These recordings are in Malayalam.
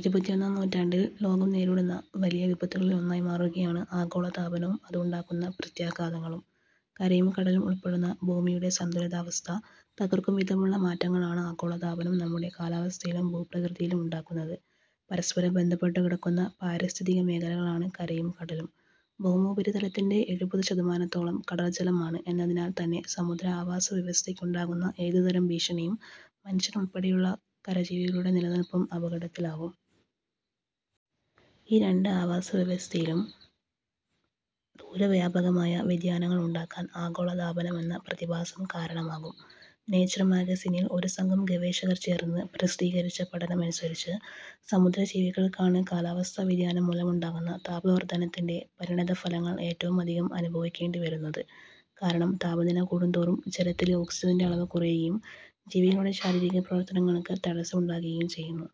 ഇരുപത്തിയൊന്നാം നൂറ്റാണ്ടിൽ ലോകം നേരിടുന്ന വലിയ വിപത്തുകളിൽ ഒന്നായി മാറുകയാണ് ആഗോളതാപനവും അതുണ്ടാക്കുന്ന പ്രത്യാഘാതങ്ങളും. കരയും കടലും ഉൾപ്പെടുന്ന ഭൂമിയുടെ സന്തുലിതാവസ്ഥ തകർക്കുംവിധമുള്ള മാറ്റങ്ങളാണ് ആഗോളതാപനം നമ്മുടെ കാലാവസ്ഥയിലും ഭൂപ്രകൃതിയിലും ഉണ്ടാക്കുന്നത്. പരസ്പരം ബന്ധപ്പെട്ടുകിടക്കുന്ന പാരിസ്ഥിതിക മേഖലകളാണ് കരയും കടലും. ഭൗമോപരിതലത്തിന്റെ എഴുപത് ശതമാനത്തോളം കടൽജലമാണ് എന്നതിനാൽ തന്നെ സമുദ്ര ആവാസവ്യവസ്ഥയ്ക്കുണ്ടാകുന്ന ഏതുതരം ഭീഷണിയും മനുഷ്യൻ ഉൾപ്പെടെയുള്ള കരജീവികളുടെ നിലനിൽപ്പും അപകടത്തിലാക്കും. ഈ രണ്ട് ആവാസവ്യവസ്ഥയിലും ദൂരവ്യാപകമായ വ്യതിയാനങ്ങളുണ്ടാക്കാൻ ആഗോളതാപനമെന്ന പ്രതിഭാസം കാരണമാകും. നേച്വർ മാഗസിനിൽ ഒരു സംഘം ഗവേഷകർ ചേർന്ന് പ്രസിദ്ധീകരിച്ച പഠനമനുസരിച്ച് സമുദ്രജീവികൾക്കാണ് കാലാവസ്ഥാവ്യതിയാനം മൂലമുണ്ടാകുന്ന താപവർധനവിന്റെ പരിണതഫലങ്ങൾ ഏറ്റവുമധികം അനുഭവിക്കേണ്ടിവരുന്നത്. കാരണം താപനില കൂടുന്തോറും ജലത്തിലെ ഓക്സിജന്റെ അളവ് കുറയുകയും ജീവികളുടെ ശാരീരിക പ്രവർത്തനങ്ങൾക്ക് തടസ്സമുണ്ടാകുകയും ചെയ്യുന്നു.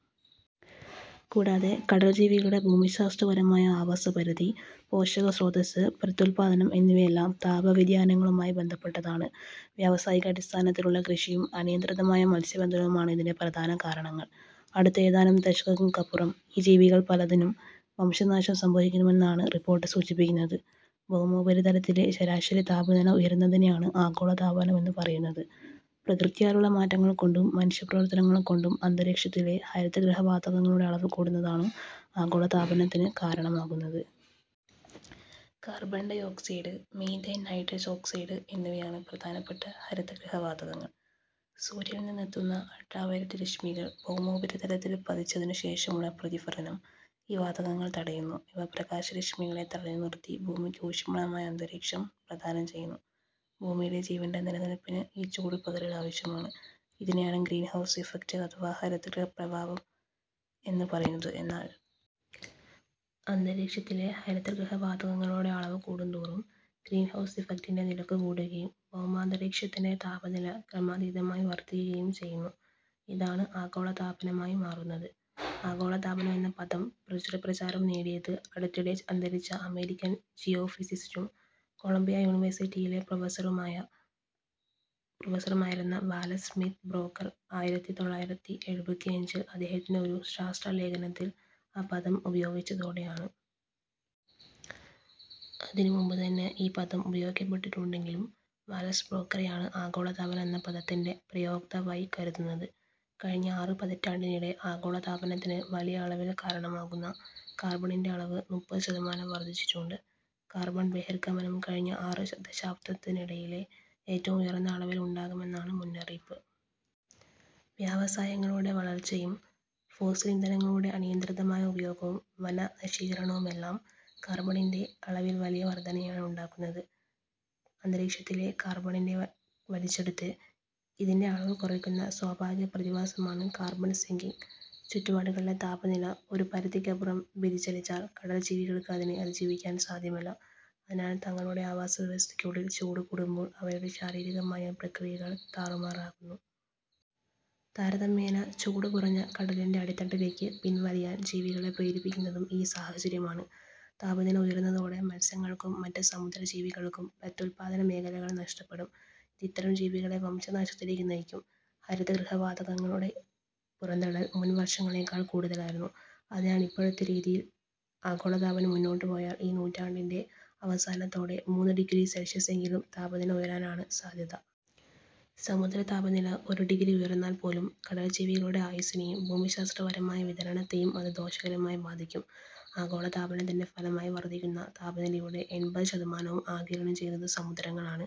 കൂടാതെ കടൽജീവികളുടെ ഭൂമിശാസ്ത്രപരമായ ആവാസപരിധി പോഷകസ്രോതസ്സ് പ്രത്യുത്പാദനം എന്നിവയെല്ലാം താപവ്യതിയാനങ്ങളുമായി ബന്ധപ്പെട്ടതാണ്. വ്യാവസായികാടിസ്ഥാനത്തിലുള്ള കൃഷിയും അനിയന്ത്രിതമായ മത്സ്യബന്ധനവുമാണ് ഇതിന്റെ പ്രധാന കാരണങ്ങൾ. അടുത്ത ഏതാനും ദശകങ്ങൾക്കപ്പുറം ഈ ജീവികളിൽ പലതിനും വംശനാശം സംഭവിക്കുമെന്നാണ് റിപ്പോർട്ട് സൂചിപ്പിക്കുന്നത്. ഭൗമോപരിതലത്തിലെ ശരാശരി താപനില ഉയരുന്നതിനെയാണ് ആഗോളതാപനം എന്ന് പറയുന്നത്. പ്രകൃത്യാലുള്ള മാറ്റങ്ങൾ കൊണ്ടും മനുഷ്യപ്രവർത്തനങ്ങൾ കൊണ്ടും അന്തരീക്ഷത്തിലെ ഹരിതഗൃഹവാതകങ്ങളുടെ അളവ് കൂടുന്നതാണ് ആഗോളതാപനത്തിന് കാരണമാകുന്നത്. Carbon dioxide methane nitrous oxide എന്നിവയാണ് പ്രധാനപ്പെട്ട ഹരിതഗൃഹവാതകങ്ങൾ. സൂര്യനിൽ നിന്നെത്തുന്ന അൾട്രാവയലറ്റ് രശ്മികൾ ഭൗമോപരിതലത്തിൽ പതിച്ചതിനുശേഷമുള്ള പ്രതിഫലനം ഈ വാതകങ്ങൾ തടയുന്നു. ഇവ പ്രകാശരശ്മികളെ തടഞ്ഞുനിർത്തി ഭൂമിക്ക് ഊഷ്മളമായ അന്തരീക്ഷം പ്രദാനം ചെയ്യുന്നു. ഭൂമിയിലെ ജീവന്റെ നിലനിൽപ്പിന് ഈ ചൂടുപകരൽ ആവശ്യമാണ്. ഇതിനെയാണ് ഗ്രീൻഹൗസ് ഇഫക്ട് അഥവാ ഹരിതഗൃഹപ്രഭാവം എന്ന് പറയുന്നത്. എന്നാൽ അന്തരീക്ഷത്തിലെ ഹരിതഗൃഹവാതകങ്ങളുടെ അളവ് കൂടുന്തോറും ഗ്രീൻഹൗസ് ഇഫക്ടിന്റെ നിരക്ക് കൂടുകയും ഭൗമാന്തരീക്ഷത്തിന്റെ താപനില ക്രമാതീതമായി വർധിക്കുകയും ചെയ്യുന്നു. ഇതാണ് ആഗോളതാപനമായി മാറുന്നത്. ആഗോളതാപനം എന്ന പദം പ്രചുരപ്രചാരം നേടിയത് അടുത്തിടെ അന്തരിച്ച അമേരിക്കൻ ജിയോഫിസിസിസ്റ്റും കൊളംബിയ യൂണിവേഴ്സിറ്റിയിലെ പ്രൊഫസറുമായിരുന്ന വാലസ് സ്മിത്ത് ബ്രോക്കർ ആയിരത്തി തൊള്ളായിരത്തി എഴുപത്തിയഞ്ചിൽ അദ്ദേഹത്തിന്റെ ഒരു ശാസ്ത്രലേഖനത്തിൽ ആ പദം ഉപയോഗിച്ചതോടെയാണ്. അതിന് മുമ്പുതന്നെ ഈ പദം ഉപയോഗിക്കപ്പെട്ടിട്ടുണ്ടെങ്കിലും വാലസ് ബ്രോക്കറെയാണ് ആഗോളതാപനം എന്ന പദത്തിന്റെ പ്രയോക്താവായി കരുതുന്നത്. കഴിഞ്ഞ ആറ് പതിറ്റാണ്ടിനിടെ ആഗോളതാപനത്തിന് വലിയ അളവിൽ കാരണമാകുന്ന കാർബണിന്റെ അളവ് മുപ്പത് ശതമാനം വർധിച്ചിട്ടുണ്ട്. കാർബൺ ബഹിർഗമനം കഴിഞ്ഞ ആറ് ദശാബ്ദത്തിനിടയിലെ ഏറ്റവും ഉയർന്ന അളവിൽ ഉണ്ടാകുമെന്നാണ് മുന്നറിയിപ്പ്. വ്യവസായങ്ങളുടെ വളർച്ചയും ഫോസിൽ ഇന്ധനങ്ങളുടെ അനിയന്ത്രിതമായ ഉപയോഗവും വനനശീകരണവുമെല്ലാം കാർബണിന്റെ അളവിൽ വലിയ വർധനയാണ് ഉണ്ടാക്കുന്നത്. അന്തരീക്ഷത്തിലെ കാർബണിനെ വലിച്ചെടുത്ത് ഇതിന്റെ അളവ് കുറയ്ക്കുന്ന സ്വാഭാവിക പ്രതിഭാസമാണ് കാർബൺ സിങ്കിങ്. ചുറ്റുപാടുകളിലെ താപനില ഒരു പരിധിക്കപ്പുറം വ്യതിചലിച്ചാൽ കടൽജീവികൾക്ക് അതിനെ അതിജീവിക്കാൻ സാധ്യമല്ല. അതിനാൽ തങ്ങളുടെ ആവാസവ്യവസ്ഥയ്ക്കുള്ളിൽ ചൂട് കൂടുമ്പോൾ അവയുടെ ശാരീരികമായ പ്രക്രിയകൾ താറുമാറാകുന്നു. താരതമ്യേന ചൂട് കുറഞ്ഞ കടലിന്റെ അടിത്തട്ടിലേക്ക് പിൻവലിയാൻ ജീവികളെ പ്രേരിപ്പിക്കുന്നതും ഈ സാഹചര്യമാണ്. താപനില ഉയരുന്നതോടെ മത്സ്യങ്ങൾക്കും മറ്റ് സമുദ്രജീവികൾക്കും പ്രത്യുത്പാദനമേഖലകൾ നഷ്ടപ്പെടും. ഇത് ഇത്തരം ജീവികളെ വംശനാശത്തിലേക്ക് നയിക്കും. ഹരിതഗൃഹവാതകങ്ങളുടെ പുറന്തള്ളൽ മുൻ വർഷങ്ങളെക്കാൾ കൂടുതലായിരുന്നു. അതിനാൽ ഇപ്പോഴത്തെ രീതിയിൽ ആഗോളതാപനം മുന്നോട്ടുപോയാൽ ഈ നൂറ്റാണ്ടിന്റെ അവസാനത്തോടെ മൂന്ന് ഡിഗ്രി സെൽഷ്യസെങ്കിലും താപനില ഉയരാനാണ് സാധ്യത. സമുദ്രതാപനില ഒരു ഡിഗ്രി ഉയർന്നാൽ പോലും കടൽജീവികളുടെ ആയുസ്സിനെയും ഭൂമിശാസ്ത്രപരമായ വിതരണത്തെയും അത് ദോഷകരമായി ബാധിക്കും. ആഗോളതാപനത്തിന്റെ ഫലമായി വർധിക്കുന്ന താപനിലയുടെ എൺപത് ശതമാനവും ആഗിരണം ചെയ്യുന്നത് സമുദ്രങ്ങളാണ്.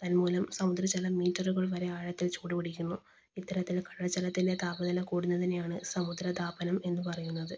തന്മൂലം സമുദ്രജലം മീറ്ററുകൾ വരെ ആഴത്തിൽ ചൂടുപിടിക്കുന്നു. ഇത്തരത്തിൽ കടൽജലത്തിന്റെ താപനില കൂടുന്നതിനെയാണ് സമുദ്രതാപനം എന്ന് പറയുന്നത്.